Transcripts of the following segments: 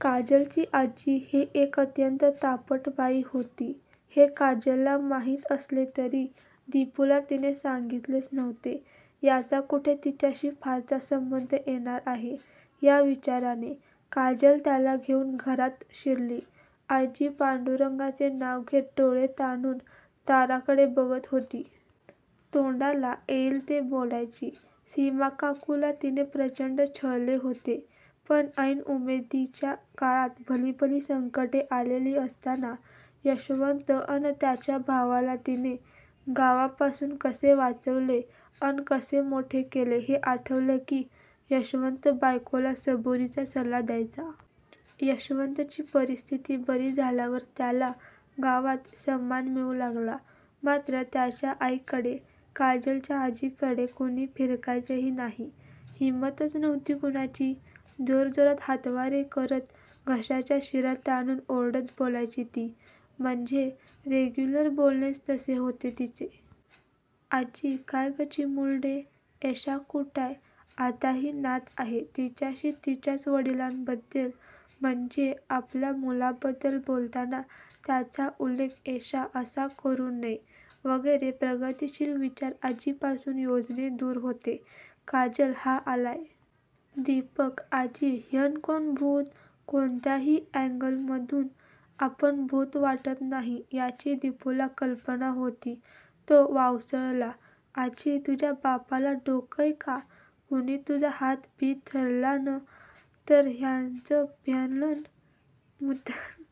काजलची आजी ही एक अत्यंत तापट बाई होती हे काजलला माहीत असले तरी दिपूला तिने सांगीतलेच नव्हते. 'याचा कुठे तिच्याशी फारसा संबंध येणार आहे' या विचाराने काजल त्याला घेऊन घरात शिरली. आजी पांडुरंगाचे नाव घेत डोळे ताणून दाराकडे बघत होती. तोंडाला येईल ते बोलायची. सीमाकाकूला तिने प्रचंड छळले होते. पण ऐन उमेदीच्या काळात भलीभली संकटे आलेली असताना यशवंत अन त्याच्या भावाला तिने गावापासून कसे वाचवले अन कसे मोठे केले हे आठवले की यशवंत बायकोला सबुरीचा सल्ला द्यायचा. यशवंतची परिस्थिती बरी झाल्यावर त्याला गावात सन्मान मिळू लागला. मात्र त्याच्या आईकडे, काजलच्या आजीकडे कुणी फिरकायचेही नाही. हिम्मतच नव्हती कुणाची. जोरजोरात हातवारे करत घशाच्या शिरा ताणून ओरडत बोलायची ती! म्हणजे, रेग्युलर बोलणेच तसे होते तिचे! आजी काय गं चिमुरडे? येश्या कुठंय? आता ही नात आहे. तिच्याशी तिच्याच वडिलांबद्दल, म्हणजे आपल्या मुलाबद्दल बोलताना त्याचा उल्लेख 'येश्या' असा करू नये वगैरे प्रगतीशील विचार आजीपासून योजने दूर होते. काजल हा आलाय. दीपक आजी ह्यं कोण भूत? कोणत्याही अँगलमधून आपण भूत वाटत नाही याची दिपूला कल्पना होती. तो बावचळला. आजी तुझ्या बापाला डोकंय का? कुनी तुझा हात बित धरलान तर ह्यंच पह्यलं मुतंल,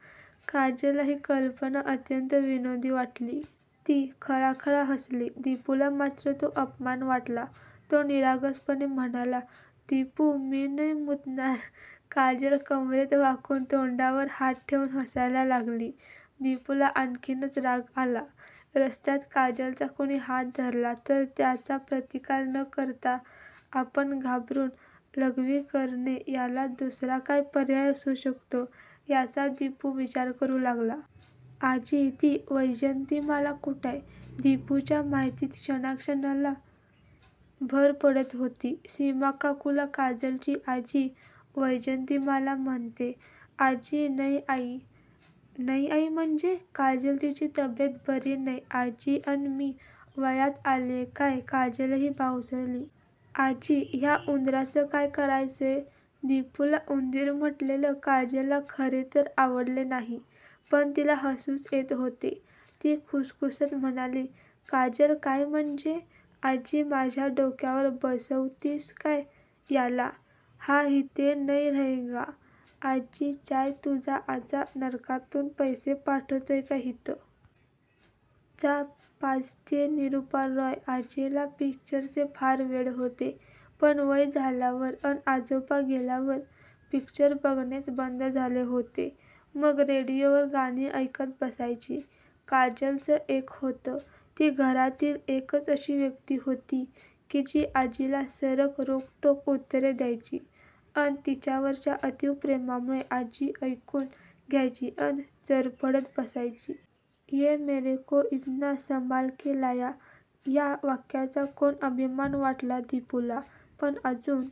काजलला ही कल्पना अत्यंत विनोदी वाटली. ती खळाखळा हसली. दिपूला मात्र तो अपमान वाटला. तो निरागसपणे म्हणाला: दिपू मी नय मुतणार! काजल कंबरेत वाकून तोंडावर हात ठेवून हसायला लागली. दिपूला आणखीनच राग आला. रस्त्यात काजलचा कुणी हात धरला तर त्याचा प्रतिकार न करता आपण घाबरून लघ्वी करणे याला दुसरा काय पर्याय असू शकतो याचा दिपू विचार करू लागला. आजी ती वैजयंतीमाला कुटंय? दिपूच्या माहितीत क्षणाक्षणाला भर पडत होती. सीमाकाकूला काजलची आजी वैजयंतीमाला म्हणते. आजी नय आयी? नय आयी म्हणजे? काजल तिची तब्येत बरी नय आजी अन मी वयात आलीय काय? काजलही बावचळली. आजी ह्या उंदराचं काय करायचंय? दिपूला उंदीर म्हंटलेले काजलला खरे तर आवडले नाही, पण तिला हसूच येत होते. ती खुसखुसत म्हणाली: काजल काय म्हंजे? आजी माझ्या डोक्यावर बसवतीयस का ह्याला? हा इथे नय रहेंगा, आजी चाय तुझा आजा नरकातून पैसे पाठवतोय काय हितं? चा पाजतीय निरूपा रॉय, आजीला पिक्चरचे फार वेड होते. पण वय झाल्यावर अन आजोबा गेल्यावर पिक्चर बघणेच बंद झाले होते. मग रेडिओवर गाणी ऐकत बसायची. काजलचं एक होतं. ती घरातील एकच अशी व्यक्ती होती की जी आजीला सरळ रोखठोक उत्तरे द्यायची अन तिच्यावरच्या अतीव प्रेमामुळे आजी ऐकून घ्यायची अन चरफडत बसायची. 'ये मेरेको इतना संभालके लाया' या वाक्याचा कोण अभिमान वाटला दिपूला. पण अजून--